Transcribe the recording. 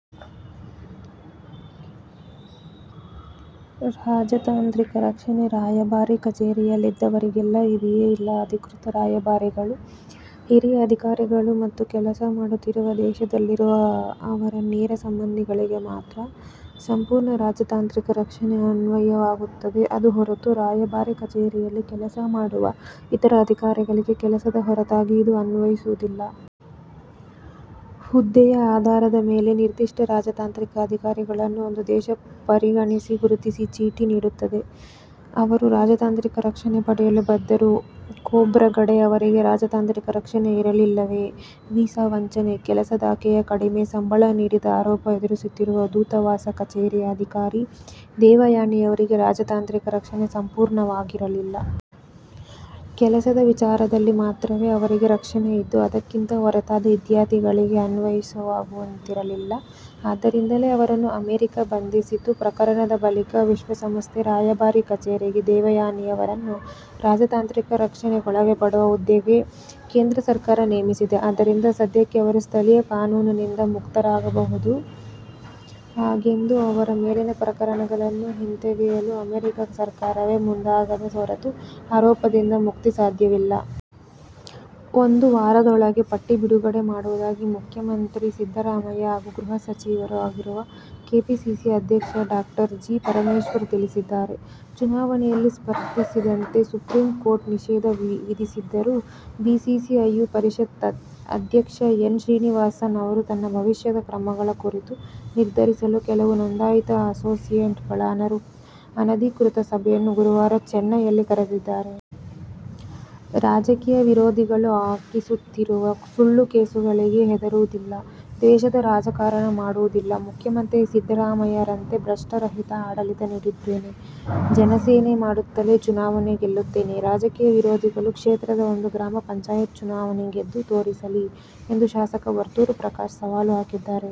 ರಾಜತಾಂತ್ರಿಕ ರಕ್ಷಣೆ ರಾಯಭಾರ ಕಚೇರಿಯಲ್ಲಿದ್ದವರಿಗೆಲ್ಲ ಇದೆಯೇ? ಇಲ್ಲ. ಅಧಿಕೃತ ರಾಯಭಾರಿಗಳು, ಹಿರಿಯ ಅಧಿಕಾರಿಗಳು ಮತ್ತು ಕೆಲಸ ಮಾಡುತ್ತಿರುವ ದೇಶದಲ್ಲಿರುವ ಅವರ ನೇರ ಸಂಬಂಧಿಗಳಿಗೆ ಮಾತ್ರ ಸಂಪೂರ್ಣ ರಾಜತಾಂತ್ರಿಕ ರಕ್ಷಣೆ ಅನ್ವಯವಾಗುತ್ತದೆ. ಅದು ಹೊರತು ರಾಯಭಾರ ಕಚೇರಿಯಲ್ಲಿ ಕೆಲಸ ಮಾಡುವ ಇತರ ಅಧಿಕಾರಿಗಳಿಗೆ ಕೆಲಸದ ಹೊರತಾಗಿ ಇದು ಅನ್ವಯಿಸುವುದಿಲ್ಲ. ಹುದ್ದೆಯ ಆಧಾರದ ಮೇಲೆ ನಿರ್ದಿಷ್ಟ ರಾಜತಾಂತ್ರಿಕ ಅಧಿಕಾರಿಗಳನ್ನು ಒಂದು ದೇಶ ಪರಿಗಣಿಸಿ ಗುರುತಿನ ಚೀಟಿ ನೀಡುತ್ತದೆ. ಅವರು ರಾಜತಾಂತ್ರಿಕ ರಕ್ಷಣೆ ಪಡೆಯಲು ಬದ್ಧರು. ಖೋಬ್ರಗಡೆ ಅವರಿಗೆ ರಾಜತಾಂತ್ರಿಕ ರಕ್ಷಣೆ ಇರಲಿಲ್ಲವೇ? ವೀಸಾ ವಂಚನೆ. ಕೆಲಸದಾಕೆಗೆ ಕಡಿಮೆ ಸಂಬಳ ನೀಡಿದ ಆರೋಪ ಎದುರಿಸುತ್ತಿರುವ ದೂತವಾಸ ಕಚೇರಿಯ ಅಧಿಕಾರಿ ದೇವಯಾನಿಯವರಿಗೆ ರಾಜತಾಂತ್ರಿಕ ರಕ್ಷಣೆ ಸಂಪೂರ್ಣವಾಗಿರಲಿಲ್ಲ. ಕೆಲಸದ ವಿಚಾರದಲ್ಲಿ ಮಾತ್ರವೇ ಅವರಿಗೆ ರಕ್ಷಣೆ ಇದ್ದು, ಅದಕ್ಕಿಂತ ಹೊರತಾದ ಇತ್ಯಾದಿಗಳಿಗೆ ಅನ್ವಯವಾಗುತ್ತಿರಲಿಲ್ಲ. ಆದ್ದರಿಂದಲೇ ಅವರನ್ನು ಅಮೆರಿಕ ಬಂಧಿಸಿತು. ಪ್ರಕರಣದ ಬಳಿಕ ವಿಶ್ವಸಂಸ್ಥೆ ರಾಯಭಾರ ಕಚೇರಿಗೆ ದೇವಯಾನಿಯವರನ್ನು ರಾಜತಾಂತ್ರಿಕ ರಕ್ಷಣೆಗೊಳಪಡುವ ಹುದ್ದೆಗೆ ಕೇಂದ್ರ ಸರ್ಕಾರ ನೇಮಿಸಿದೆ. ಆದ್ದರಿಂದ ಸದ್ಯಕ್ಕೆ ಅವರು ಸ್ಥಳೀಯ ಕಾನೂನಿಂದ ಮುಕ್ತವಾಗಬಹುದು. ಹಾಗೆಂದು ಅವರ ಮೇಲಿನ ಪ್ರಕರಣಗಳನ್ನು ಹಿಂತೆಗೆಯಲು ಅಮೆರಿಕ ಸರ್ಕಾರವೇ ಮುಂದಾಗದ ಹೊರತು ಆರೋಪದಿಂದ ಮುಕ್ತಿ ಸಾಧ್ಯವಿಲ್ಲ. ಒಂದು ವಾರದೊಳಗೆ ಪಟ್ಟಿ ಬಿಡುಗಡೆ ಮಾಡುವುದಾಗಿ ಮುಖ್ಯಮಂತ್ರಿ ಸಿದ್ದರಾಮಯ್ಯ ಹಾಗೂ ಗೃಹ ಸಚಿವರೂ ಆಗಿರುವ ಕೆಪಿಸಿಸಿ ಅಧ್ಯಕ್ಷ ಡಾ ಜಿ. ಪರಮೇಶ್ವರ್ ತಿಳಿಸಿದ್ದಾರೆ. ಚುನಾವಣೆಯಲ್ಲಿ ಸ್ಪರ್ಧಿಸದಂತೆ ಸುಪ್ರೀಂ ಕೋರ್ಟ್ ನಿಷೇಧ ವಿಧಿಸಿದ್ದರೂ ಬಿಸಿಸಿಐಯ ಪರಿತ್ಯಕ್ತ ಅಧ್ಯಕ್ಷ ಎನ್. ಶ್ರೀನಿವಾಸನ್ ಅವರು ತನ್ನ ಭವಿಷ್ಯದ ಕ್ರಮಗಳ ಕುರಿತು ನಿರ್ಧರಿಸಲು ಕೆಲವು ನೋಂದಾಯಿತ ಅಸೋಸಿಯೇಶನ್ಗಳ ಅನಧಿಕೃತ ಸಭೆಯನ್ನು ಗುರುವಾರ ಚೆನ್ನೈಯಲ್ಲಿ ಕರೆದಿದ್ದಾರೆ. ರಾಜಕೀಯ ವಿರೋಧಿಗಳು ಹಾಕಿಸುತ್ತಿರುವ ಸುಳ್ಳು ಕೇಸುಗಳಿಗೆ ಹೆದರುವುದಿಲ್ಲ. ದ್ವೇಷದ ರಾಜಕಾರಣ ಮಾಡುವುದಿಲ್ಲ. ಮುಖ್ಯಮಂತ್ರಿ ಸಿದ್ದರಾಮಯ್ಯರಂತೆ ಭ್ರಷ್ಟರಹಿತ ಆಡಳಿತ ನೀಡಿದ್ದೇನೆ. ಜನಸೇವೆ ಮಾಡುತ್ತಲೇ ಚುನಾವಣೆ ಗೆಲ್ಲುತ್ತೇನೆ. ರಾಜಕೀಯ ವಿರೋಧಿಗಳು ಕ್ಷೇತ್ರದ ಒಂದು ಗ್ರಾಮ ಪಂಚಾಯತ್ ಚುನಾವಣೆ ಗೆದ್ದು ತೋರಿಸಲಿ ಎಂದು ಶಾಸಕ ವರ್ತೂರು ಪ್ರಕಾಶ್ ಸವಾಲು ಹಾಕಿದ್ದಾರೆ.